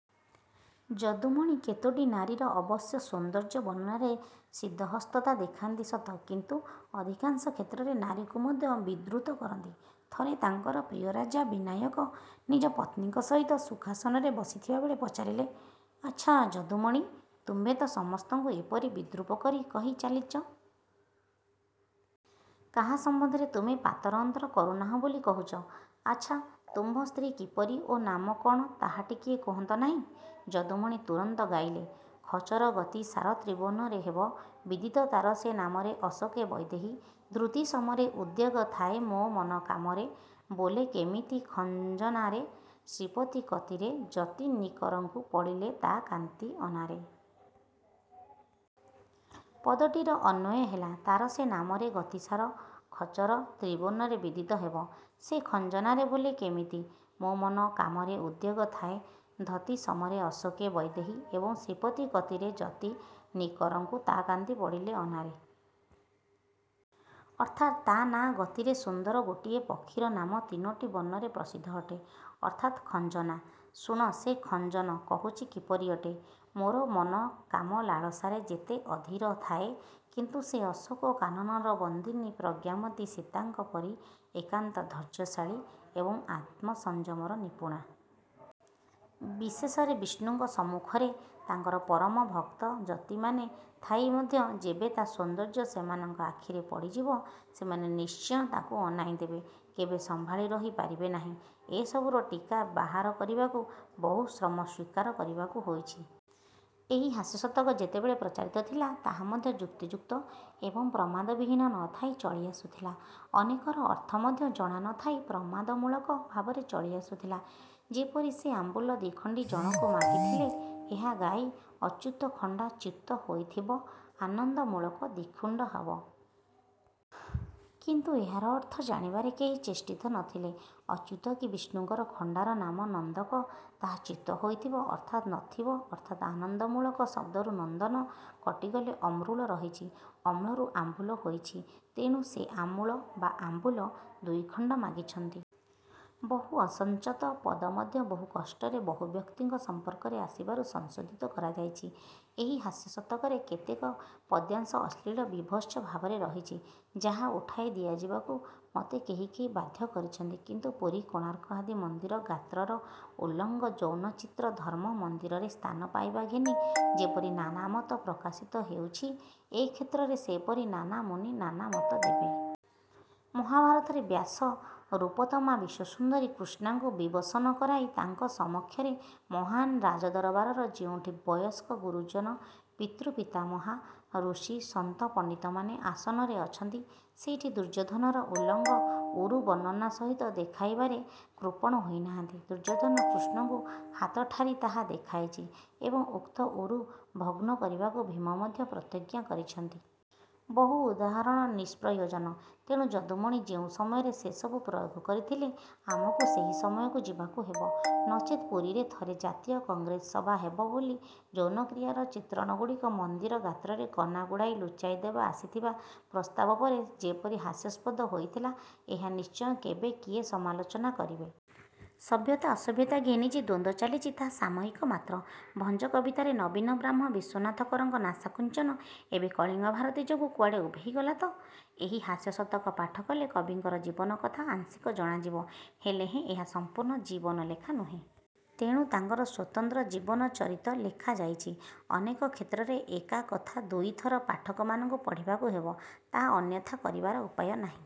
ଯଦୁମଣି କେତୋଟି ନାରୀର ଅବଶ୍ୟ ସୌନ୍ଦର୍ଯ୍ୟ ବର୍ଣ୍ଣନାରେ ସିଦ୍ଧହସ୍ତତା ଦେଖାନ୍ତି ସତ କିନ୍ତୁ ଅଧିକାଂଶ କ୍ଷେତ୍ରରେ ନାରୀକୁ ମଧ୍ୟ ବିଦ୍ରୂତ କରନ୍ତି। ଥରେ ତାଙ୍କର ପ୍ରିୟରାଜା ବିନାୟକ ନିଜପତ୍ନୀଙ୍କ ସହିତ ସୁଖାସନରେ ବସିଥିବାବେଳେ ପଚାରିଲେ- 'ଆଚ୍ଛା ଯଦୁମଣି, ତୁମ୍ଭେ ତ ସମସ୍ତଙ୍କୁ ଏପରି ବିଦ୍ରୂପ କରି କହି ଚାଲିଛ। କାହା ସମ୍ବନ୍ଧରେ ତୁମ୍ଭେ ପାତର ଅନ୍ତର କରୁନାହଁ ବୋଲି କହୁଚ। ଆଚ୍ଛା ତୁମ୍ଭ ସ୍ତ୍ରୀ କିପରି ଓ ନାମ କଣ ତାହା ଟିକିଏ କହନ୍ତ ନାହିଁ? ଯଦୁମଣି ତୁରନ୍ତ ଗାଇଲେ- ଖଚର ଗତି ସାର ତ୍ରିବର୍ଣ୍ଣରେ ହେବ ବିଦିତ ତାର ସେ ନାମରେ ଅଶୋକେ ବୈଦେହୀ ଧୃତି ସମରେ ଉଦ୍ବେଗ ଥାଏ ମୋ ମନ କାମରେ ବୋଲେ କିମତି ଖଞ୍ଜନାରେ ଶ୍ରୀପତି କତିରେ ଯତି ନିକରଙ୍କୁ ପଡ଼ିଲେ ତା କାନ୍ତି ଅନାରେ। ପଦଟିର ଅନ୍ୱୟ ହେଲା- ତାର ସେ ନାମରେ ଗତିସାର ଖ−ଚର ତ୍ରୀବର୍ଣ୍ଣରେ ବିଦିତ ହେବ। ସେ ଖଞ୍ଜନାରେ ବୋଲେ କିମିତି? ମୋ ମନ କାମରେ ଉଦ୍ବେଗ ଥାଏ ଧତି ସମରେ ଅଶୋକେ ବୈଦେହୀ ଏବଂ ଶ୍ରୀପତି କତିରେ ଯତି ନିକରଙ୍କୁ ତା କାନ୍ତି ପଡ଼ିଲେ ଅନାରେ। ଅର୍ଥାତ-ତା ନାଁ ଗତିରେ ସୁନ୍ଦର ଗୋଟିଏ ପକ୍ଷୀର ନାମ ତିନୋଟି ବର୍ଣ୍ଣରେ ପ୍ରସିଦ୍ଧ ଅଟେ। ଅର୍ଥାତ୍ 'ଖଂଜନା'। ଶୁଣ ସେ ଖଂଜନ, କହୁଛି କିପରି ଅଟେ? ମୋର ମନ କାମ ଲାଳସାରେ ଯେତେ ଅଧୀର ଥାଏ, କିନ୍ତୁ ସେ ଅଶୋକ କାନନର ବନ୍ଦିନୀ ପ୍ରଜ୍ଞାବତୀ ସୀତାଙ୍କ ପରି ଏକାନ୍ତ ଧୈର୍ଯ୍ୟଶାଳୀ ଏବଂ ଆତ୍ମସଂଯମର ନିପୁଣା। ବିଶେଷରେ ବିଷ୍ଣୁଙ୍କ ସମ୍ମୁଖରେ ତାଙ୍କର ପରମ ଭକ୍ତ ଯତିମାନେ ଥାଇ ମଧ୍ୟ ଯେବେ ତା ସୌନ୍ଦର୍ଯ୍ୟ ସେମାନଙ୍କ ଆଖିରେ ପଡ଼ିଯିବ, ସେମାନେ ନିଶ୍ଚିୟ ତାକୁ ଅନାଇଁ ଦେବେ। କେବେ ସମ୍ଭାଳି ରହି ପାରିବେ ନାହିଁ। ଏ ସବୁର ଟୀକା ବାହାର କରିବାକୁ ବହୁଶ୍ରମ ସ୍ୱୀକାର କରିବାକୁ ହେଇଛି। ଏହି ହାସ୍ୟଶତକ ଯେତେବେଳେ ପ୍ରଚାରିତ ଥିଲା ତାହା ମଧ୍ୟ ଯୁକ୍ତିଯୁକ୍ତ ଏବଂ ପ୍ରମାଦବିହୀନ ନଥାଇ ଚଳି ଆସୁଥିଲା। ଅନେକର ଅର୍ଥ ମଧ୍ୟ ଜଣା ନଥାଇ ପ୍ରବାଦମୂଳକ ଭାବରେ ଚଳିଆସୁଥିଲା। ଯେପରି ସେ ଆମ୍ଭୁଲ ଦିଖଣ୍ଡି ଜଣକୁ ମାଗିଥିଲେ ଏହାଗାଇ- ଅଚ୍ୟୁତ ଖଣ୍ଡା ଚ୍ୟୁତ ହୋଇଥିବ ଆନନ୍ଦମୂଳକ ଦ୍ୱିଖଣ୍ଡ ହେବ। କିନ୍ତୁ ଏହାର ଅର୍ଥ ଜାଣିବାରେ କେହି ଚେଷ୍ଟିତ ନଥିଲେ। ଅଚ୍ୟୁତ କି ବିଷ୍ଣୁଙ୍କର ଖଣ୍ଡାର ନାମ ''ନନ୍ଦକ" ତାହା ଚ୍ୟୁତ ହୋଇଥିବ ଅର୍ଥାତ୍ ନଥିବ ଅର୍ଥାତ୍ ଆନନ୍ଦ ମୂଳକ ଶବ୍ଦରୁ 'ନନ୍ଦନ' କଟିଗଲେ ଅମୃଳ ରହିଛି। ଅମ୍ଳରୁ ଆମ୍ବୁଲ ହୋଇଛି। ତେଣୁ ସେ ଆମୂଳ ବା ଆମ୍ବୁଲ ଦୁଇଖଣ୍ଡ ମାଗିଛନ୍ତି। ବହୁ ଅସଂଚତ ପଦମଧ୍ୟ ବହୁ କଷ୍ଟରେ ବହୁବ୍ୟକ୍ତିଙ୍କ ସଂପର୍କରେ ଆସିବାରୁ ସଂଶୋଧିତ କରାଯାଇଛି। ଏହି ହାସ୍ୟଶତକରେ କେତେକ ପଦ୍ୟାଂଶ ଅଶ୍ଳିଳ ବିଭତ୍ସ ଭାବରେ ରହିଛି, ଯାହା ଉଠାଇ ଦିଆଯିବାକୁ ମୋତେ କେହି କେହି ବାଧ୍ୟ କରିଛନ୍ତି। କିନ୍ତୁ ପୁରୀ କୋଣାର୍କ ଆଦି ମନ୍ଦିର ଗାତ୍ରର ଉଲ୍ଲଙ୍ଗ ଯୌନଚିତ୍ର ଧର୍ମ୍ମ ମନ୍ଦିରରେ ସ୍ଥାନ ପାଇବା ଘେନି ଯେପରି ନାନାମତ ପ୍ରକାଶିତ ହେଉଛି, ଏ କ୍ଷେତ୍ରରେ ସେପରି ନାନା ମୁନି ନାନା ମତ ଦେବେ। ମହାଭାରତରେ ବ୍ୟାସ ରୂପୋତ୍ତମା ବିଶ୍ୱସୁନ୍ଦରୀ କୃଷ୍ଣାଙ୍କୁ ବିବସନ କରାଇ ତାଙ୍କ ସମକ୍ଷରେ ମହାନ୍ ରାଜଦରବାର ଯେଉଁଠି ବୟସ୍କ ଗୁରୁଜନ ପିତୃପିତାମହା, ଋଷି, ସନ୍ଥ ପଣ୍ଡିତମାନେ ଆସନରେ ଅଛନ୍ତି, ସେଇଠି ଦୁର୍ଯ୍ୟୋଧନର ଉଲ୍ଲଙ୍ଗ ଊରୁ ବର୍ଣ୍ଣନା ସହିତ ଦେଖାଇବାରେ କୃପଣ ହୋଇନାହାନ୍ତି। ଦୁର୍ଯ୍ୟୋଧନ କୃଷ୍ଣଙ୍କୁ ହାତଠାରି ତାହା ଦେଖାଇଛି ଏବଂ ଉକ୍ତ ଊରୁ ଭଗ୍ନ କରିବାକୁ ଭୀମ ମଧ୍ୟ ପ୍ରତିଜ୍ଞା କରଛନ୍ତି। ବହୁ ଉଦାହରଣ ନିଷ୍ପ୍ରୟୋଜନ। ତେଣୁ ଯଦୁମଣି ଯେଉଁ ସମୟରେ ସେ ସବୁ ପ୍ରୟୋଗ କରିଥିଲେ, ଆମକୁ ସେହି ସମୟକୁ ଯିବାକୁ ହେବ। ନଚେତ୍ ପୁରୀରେ ଥରେ ଜାତୀୟ କଂଗ୍ରେସ ସଭା ହେବ ବୋଲି ଯୌନକ୍ରିୟାର ଚିତ୍ରଣଗୁଡ଼ିକ ମନ୍ଦିର ଗାତ୍ରରେ କନାଗୁଡ଼ାଇ ଲୁଚାଇଦେବା ଆସିଥିବା ପ୍ରସ୍ତାବ ପରେ ଯେପରି ହାସ୍ୟସ୍ପଦ ହୋଇଥିଲା ଏହା ନିଶ୍ଚୟ କେବେ କିଏ ସମାଲୋଚନା କରିବେ। ସଭ୍ୟତା ଅସଭ୍ୟତା ଘେନି ଯେ ଦ୍ୱନ୍ଦ୍ୱ ଚାଲିଛି, ତାହା ସାମୟିକ ମାତ୍ର। ଭଞ୍ଜ କବିତାରେ ନବୀନ ବ୍ରାହ୍ମ ବିଶ୍ୱନାଥ କରଙ୍କ ନାସାକୁଞ୍ଚନ ଏବେ କଳିଙ୍ଗଭାରତୀ ଯୋଗୁଁ କୁଆଡ଼େ ଉଭେଇ ଗଲାତ? ଏହି ହାସ୍ୟଶତକ ପାଠକଲେ କବିଙ୍କର ଜୀବନକଥା ଆଂଶିକ ଜଣାଯିବ। ହେଲେହେଁ ଏହା ସଂପୂର୍ଣ୍ଣ ଜୀବନାଲେଖା ନୁହେଁ। ତେଣୁ ତାଙ୍କର ସ୍ୱତନ୍ତ୍ର ଜୀବନ−ଚରିତ ଲେଖା ଯାଇଛି। ଅନେକ କ୍ଷେତ୍ରରେ ଏକା କଥା ଦୁଇଥର ପାଠକମାନଙ୍କୁ ପଢ଼ିବାକୁ ହେବ। ତାହା ଅନ୍ୟଥା କରିବାର ଉପାୟ ନାହିଁ।